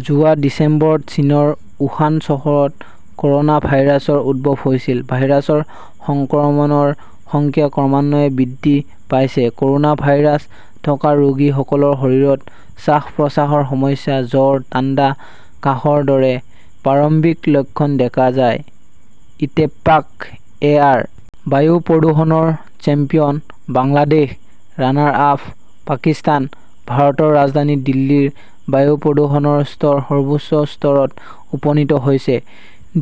যোৱা ডিচেম্বৰত চীনৰ উহান চহৰত কৰ'না ভাইৰাছৰ উদ্ভৱ হৈছিল। ভাইৰাছৰ সংক্ৰমণৰ সংখ্যা ক্ৰমান্বয়ে বৃদ্ধি পাইছে। ক'ৰোনা ভাইৰাছ থকা ৰোগীসকলৰ শৰীৰত শ্বাস-প্ৰশ্বাসৰ সমস্যা, জ্বৰ, ঠাণ্ডা, কাহৰ দৰে প্ৰাৰম্ভিক লক্ষণ দেখা যায়। ইত্তেফাক এ. আৰ. বায়ু প্ৰদূষণৰ চেম্পিয়ন বাংলাদেশ, ৰানাৰ-আপ পাকিস্তান ভাৰতৰ ৰাজধানী দিল্লীৰ বায়ু প্ৰদূষণৰ স্তৰ সৰ্বোচ্চ স্তৰত উপনীত হৈছে।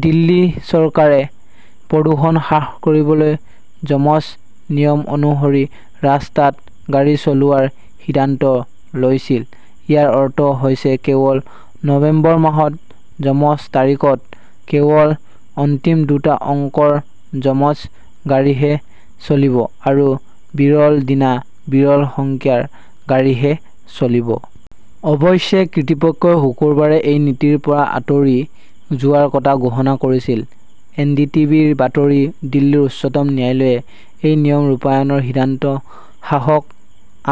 দিল্লী চৰকাৰে প্ৰদূষণ হ্ৰাস কৰিবলৈ যমজ নিয়ম অনুসৰি ৰাস্তাত গাড়ী চলোৱাৰ সিদ্ধান্ত লৈছিল। ইয়াৰ অৰ্থ হৈছে কেৱল নৱেম্বৰ মাহত যমজ তাৰিখত কেৱল অন্তিম দুটা অংকৰ যমজ গাড়ীহে চলিব আৰু বিৰল দিনা বিৰল সংখ্যাৰ গাড়ীহে চলিব। অৱশ্যে কৰ্তৃপক্ষই শুকুৰবাৰে এই নীতিৰ পৰা আঁতৰি যোৱাৰ কথা ঘোষণা কৰিছিল। এনডিটিভিৰ বাতৰি। দিল্লীৰ উচ্চতম ন্যায়ালয়ে এই নিয়ম ৰূপায়ণৰ সিদ্ধান্ত শাসক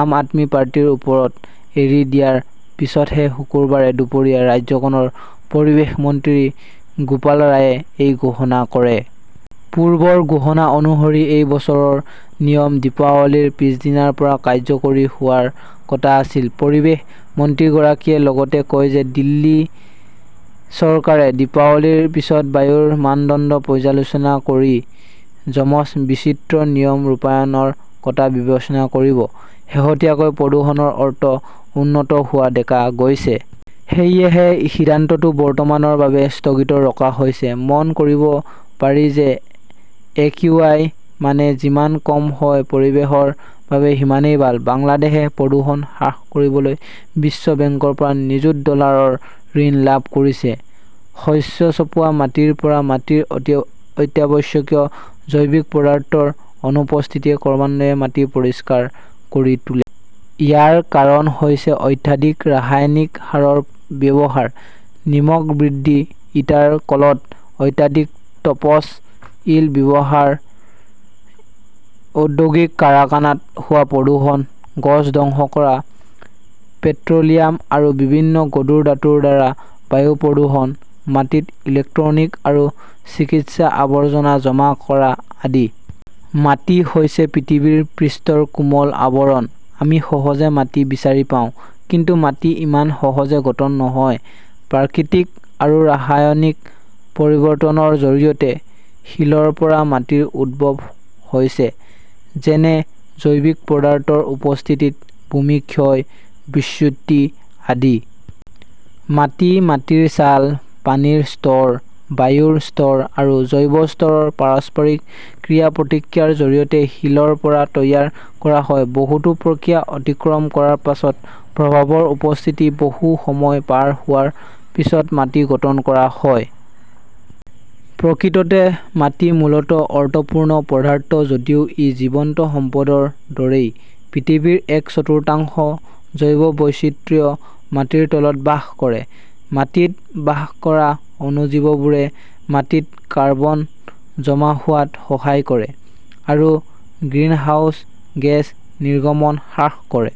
আম আদমি পাৰ্টিৰ ওপৰত এৰি দিয়াৰ পিছতে শুকুৰবাৰে দুপৰীয়া ৰাজ্যখনৰ পৰিৱেশ মন্ত্ৰী গোপাল ৰায়ে এই ঘোষণা কৰে। পূৰ্বৰ ঘোষণা অনুসৰি, এই বছৰৰ নিয়ম দীপাৱলীৰ পিছদিনাৰ পৰা কাৰ্যকৰী হোৱাৰ কথা আছিল। পৰিৱেশ মন্ত্ৰীগৰাকীয়ে লগতে কয় যে, দিল্লী চৰকাৰে দীপাৱলীৰ পিছত বায়ুৰ মানদণ্ড পৰ্যালোচনা কৰি যমজ বিচিত্ৰ নিয়ম ৰূপায়ণৰ কথা বিবেচনা কৰিব। শেহতীয়াকৈ প্ৰদূষণৰ অৰ্থ উন্নত হোৱা দেখা গৈছে। সেয়েহে সিদ্ধান্তটো বৰ্তমানৰ বাবে স্থগিত ৰখা হৈছে। মন কৰিব পাৰি যে, একিউআই মান যিমান কম হয় পৰিৱেশৰ বাবে সিমানেই ভাল। বাংলাদেশে প্ৰদূষণ হ্ৰাস কৰিবলৈ বিশ্ব বেংকৰ পৰা নিযুত ডলাৰৰ ঋণ লাভ কৰিছে। শস্য চপোৱা মাটিৰ পৰা মাটিৰ অত্যাৱশ্যকীয় জৈৱিক পদাৰ্থৰ অনুপস্থিতিয়ে ক্ৰমান্বয়ে মাটি পৰিষ্কাৰ কৰি তোলে। ইয়াৰ কাৰণ হৈছে, অত্যাধিক ৰাসায়নিক সাৰৰ ব্যৱহাৰ, নিমখ বৃদ্ধি, ইটাৰ কলত অত্যাধিক টপ চ 'ইল ব্যৱহাৰ, ঔদ্যোগিক কাৰখানাত হোৱা প্ৰদূষণ, গছ ধ্বংস কৰা, পেট্ৰ' লিয়াম আৰু বিভিন্ন গধুৰ ধাতুৰ দ্বাৰা বায়ু প্ৰদূষণ, মাটিত ইলেক্ট্ৰনিক আৰু চিকিৎসা আৱৰ্জনা জমা কৰা আদি। মাটি হৈছে পৃথিৱীৰ পৃষ্ঠৰ কোমল আৱৰণ। আমি সহজে মাটি বিচাৰি পাওঁ, কিন্তু মাটি ইমান সহজে গঠন নহয়। প্ৰাকৃতিক আৰু ৰাসায়নিক পৰিৱৰ্তনৰ জৰিয়তে শিলৰ পৰা মাটিৰ উদ্ভৱ হৈছে, যেনে জৈৱিক পদাৰ্থৰ উপস্থিতিত ভূমি ক্ষয়, বিচ্যুতি আদি। মাটি মাটিৰ ছাল, পানীৰ স্তৰ, বায়ুৰ স্তৰ আৰু জৈৱ স্তৰৰ পাৰস্পৰিক ক্ৰিয়া-প্ৰতিক্ৰিয়াৰ জৰিয়তে শিলৰ পৰা তৈয়াৰ কৰা হয়। বহুতো প্ৰক্ৰিয়া অতিক্ৰম কৰাৰ পিছত, প্ৰভাৱৰ উপস্থিতি, বহু সময় পাৰ হোৱাৰ পিছত মাটি গঠন কৰা হয়। প্ৰকৃততে মাটি মূলত অৰ্থপূৰ্ণ পদাৰ্থ যদিও ই জীৱন্ত সম্পদৰ দৰেই। পৃথিৱীৰ এক চতুৰ্থাংশ জৈৱ বৈচিত্ৰ্য মাটিৰ তলত বাস কৰে। মাটিত বাস কৰা অণুজীৱবোৰে মাটিত কাৰ্বন জমা হোৱাত সহায় কৰে আৰু গ্ৰিনহাউজ গেছ নিৰ্গমন হ্ৰাস কৰে।